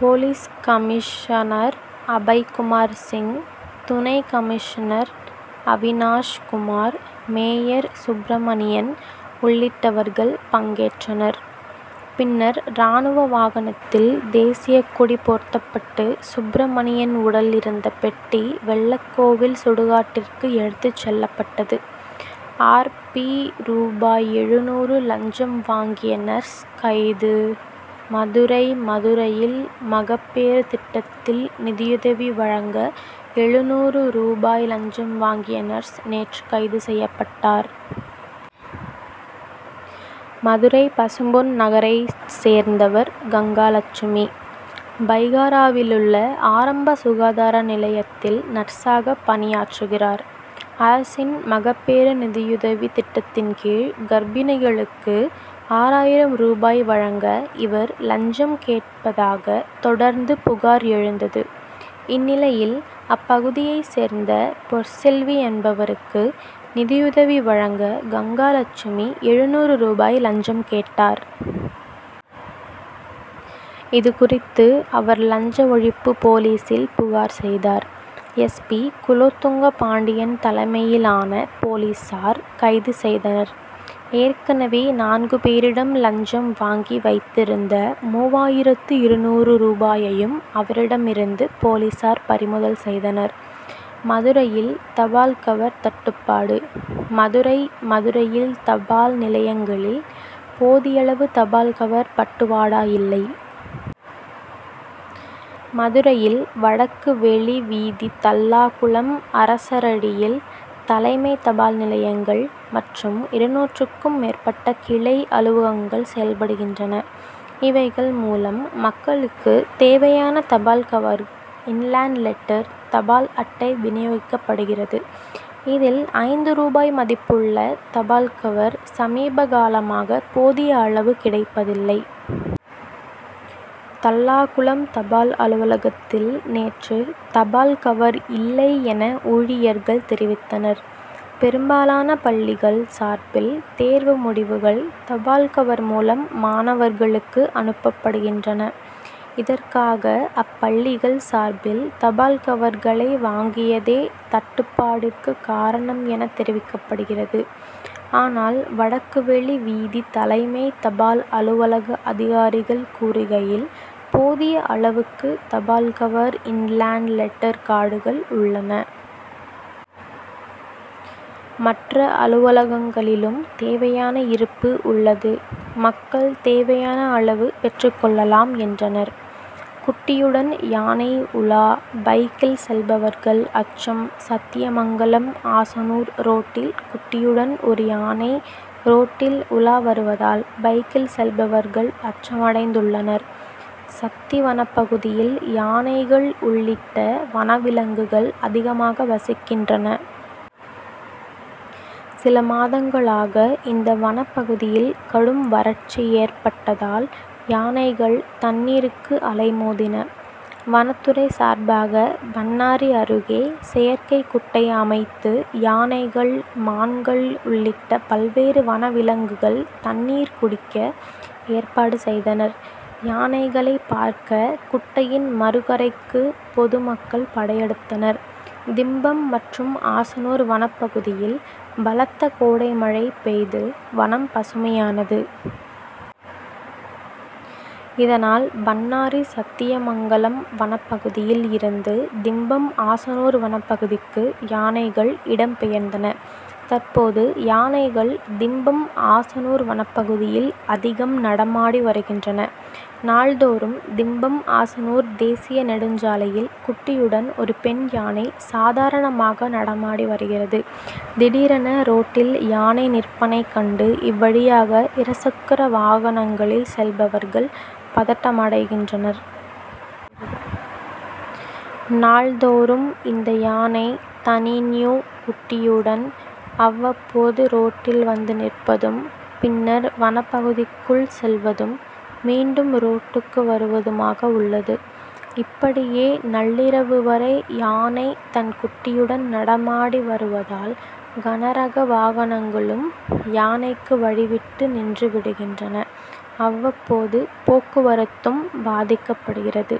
Police commissioner Abhaykumar Singh துணை commissioner Avinash Kumar mayor Subramanian உள்ளிட்டவர்கள் பங்கேற்றனர். பின்னர் ராணுவ வாகனத்தில் தேசியக்கொடி போர்த்தப்பட்டு சுப்ரமணியன் உடல் இருந்த பெட்டி வெள்ளக்கோவில் சுடுகாட்டிற்கு எடுத்துச் செல்லப்பட்டது. ஆர். பி. ரூபாய் எழுநூறு லஞ்சம் வாங்கிய நர்ஸ் கைது மதுரை மதுரையில் மகப்பேறு திட்டத்தில் நிதியுதவி வழங்க எழுநூறு ரூபாய் லஞ்சம் வாங்கிய நர்ஸ் நேற்று கைது செய்யப்பட்டார். மதுரை பசும்பொன் நகரை சேர்ந்தவர் கங்காலட்சுமி. பைகாராவிலுள்ள ஆரம்ப சுகாதார நிலையத்தில் நர்ஸாக பணியாற்றுகிறார். அரசின் மகப்பேறு நிதியுதவி திட்டத்தின்கீழ் கர்ப்பிணிகளுக்கு ஆறாயிரம் ரூபாய் வழங்க இவர் லஞ்சம் கேட்பதாக தொடர்ந்து புகார் எழுந்தது. இந்நிலையில் அப்பகுதியை சேர்ந்த பொற்செல்வி என்பவருக்கு நிதியுதவி வழங்க கங்காலட்சுமி எழுநூறு ரூபாய் லஞ்சம் கேட்டார். இதுகுறித்து அவர் லஞ்ச ஒழிப்பு போலீசில் புகார் செய்தார். எஸ். பி. குலோத்துங்க பாண்டியன் தலைமையிலான போலீசார் கைது செய்தனர். ஏற்கனவே நான்கு பேரிடம் லஞ்சம் வாங்கி வைத்திருந்த மூவாயிரத்து இருநூறு ரூபாயையும் அவரிடமிருந்து போலீசார் பறிமுதல் செய்தனர். மதுரையில் தபால் கவர் தட்டுபாடு மதுரை மதுரையில் தபால் நிலையங்களில் போதியளவு தபால் கவர் பட்டுவாடா இல்லை. மதுரையில் வடக்கு வெளி வீதி தல்லாகுளம் அரசரடியில் தலைமை தபால் நிலையங்கள் மற்றும் இருநூறுக்கும் மேற்பட்ட கிளை அலுவலகங்கள் செயல்படுகின்றன. இவைகள் மூலம் மக்களுக்கு தேவையான தபால் கவர் இன்லேண்ட் லெட்டர் தபால் அட்டை வினியோகிக்கப்படுகிறது. இதில் ஐந்து ரூபாய் மதிப்புள்ள தபால் கவர் சமீபகாலமாக போதிய அளவு கிடைப்பதில்லை. தல்லாகுளம் தபால் அலுவலகத்தில் நேற்று தபால் கவர் இல்லை என ஊழியர்கள் தெரிவித்தனர். பெரும்பாலான பள்ளிகள் சார்பில் தேர்வு முடிவுகள் தபால் கவர் மூலம் மாணவர்களுக்கு அனுப்பப்படுகின்றன. இதற்காக அப்பள்ளிகள் சார்பில் தபால் கவர்களை வாங்கியதே தட்டுப்பாட்டிற்கு காரணம் என தெரிவிக்கப்பட்டது. ஆனால் வடக்கு வெளி வீதி தலைமை தபால் அலுவலக அதிகாரிகள் கூறுகையில் போதிய அளவுக்கு தபால் கவர் இன்லேண்ட் லெட்டர் கார்டுகள் உள்ளன. மற்ற அலுவலகங்களிலும் தேவையான இருப்பு உள்ளது. மக்கள் தேவையான அளவு பெற்று கொள்ளலாம் என்றனர். குட்டியுடன் யானை உலா பைக்கில் செல்பவர்கள் அச்சம் சத்தியமங்கலம் ஆசனூர் ரோட்டில் குட்டியுடன் ஒரு யானை ரோட்டில் உலா வருவதால் பைக்கில் செல்பவர்கள் அச்சமடைந்துள்ளனர். சத்தி வனப்பகுதியில் யானைகள் உள்ளிட்ட வனவிலங்குகள் அதிகமாக வசிக்கின்றன. சில மாதங்களாக இந்த வனப்பகுதியில் கடும் வறட்சி ஏற்பட்டதால் யானைகள் தண்ணீருக்கு அலைமோதின. வனத்துறை சார்பாக பண்ணாரி அருகே செயற்கை குட்டை அமைத்து யானைகள் மான்கள் உள்ளிட்ட பல்வேறு வனவிலங்குகள் தண்ணீர் குடிக்க ஏற்பாடு செய்தனர். யானைகளை பார்க்க குட்டையின் மறுகரைக்கு பொதுமக்கள் படையெடுத்தனர். திம்பம் மற்றும் ஆசனூர் வனப்பகுதியில் பலத்த கோடை மழை பெய்து வனம் பசுமையானது. இதனால் பண்ணாரி சத்தியமங்கலம் வனப்பகுதியில் இருந்து திம்பம் ஆசனூர் வனப்பகுதிக்கு யானைகள் இடம் பெயர்ந்தன. தற்போது யானைகள் திம்பம் ஆசனூர் வனப்பகுதியில் அதிகம் நடமாடி வருகின்றன. நாள்தோறும் திம்பம் ஆசனூர் தேசிய நெடுஞ்சாலையில் குட்டியுடன் ஒரு பெண் யானை சாதாரணமாக நடமாடி வருகிறது. திடீரென ரோட்டில் யானை நிற்பனைக் கண்டு இவ்வழியாக இருசக்கர வாகனங்களில் செல்பவர்கள் பதட்டமடைகின்றனர். நாள்தோறும் இந்த யானை தணீஞூ குட்டியுடன் அவ்வப்போது ரோட்டில் வந்து நிற்பதும் பின்னர் வனப்பகுதிக்குள் செல்வதும் மீண்டும் ரோட்டுக்கு வருவதுமாக உள்ளது. இப்படியே நள்ளிரவு வரை யானை தன் குட்டியுடன் நடமாடி வருவதால் கன ரக வாகனங்களும் யானைக்கு வழிவிட்டு நின்று விடுகின்றன. அவ்வப்போது போக்குவரத்தும் பாதிக்கப்படுகிறது.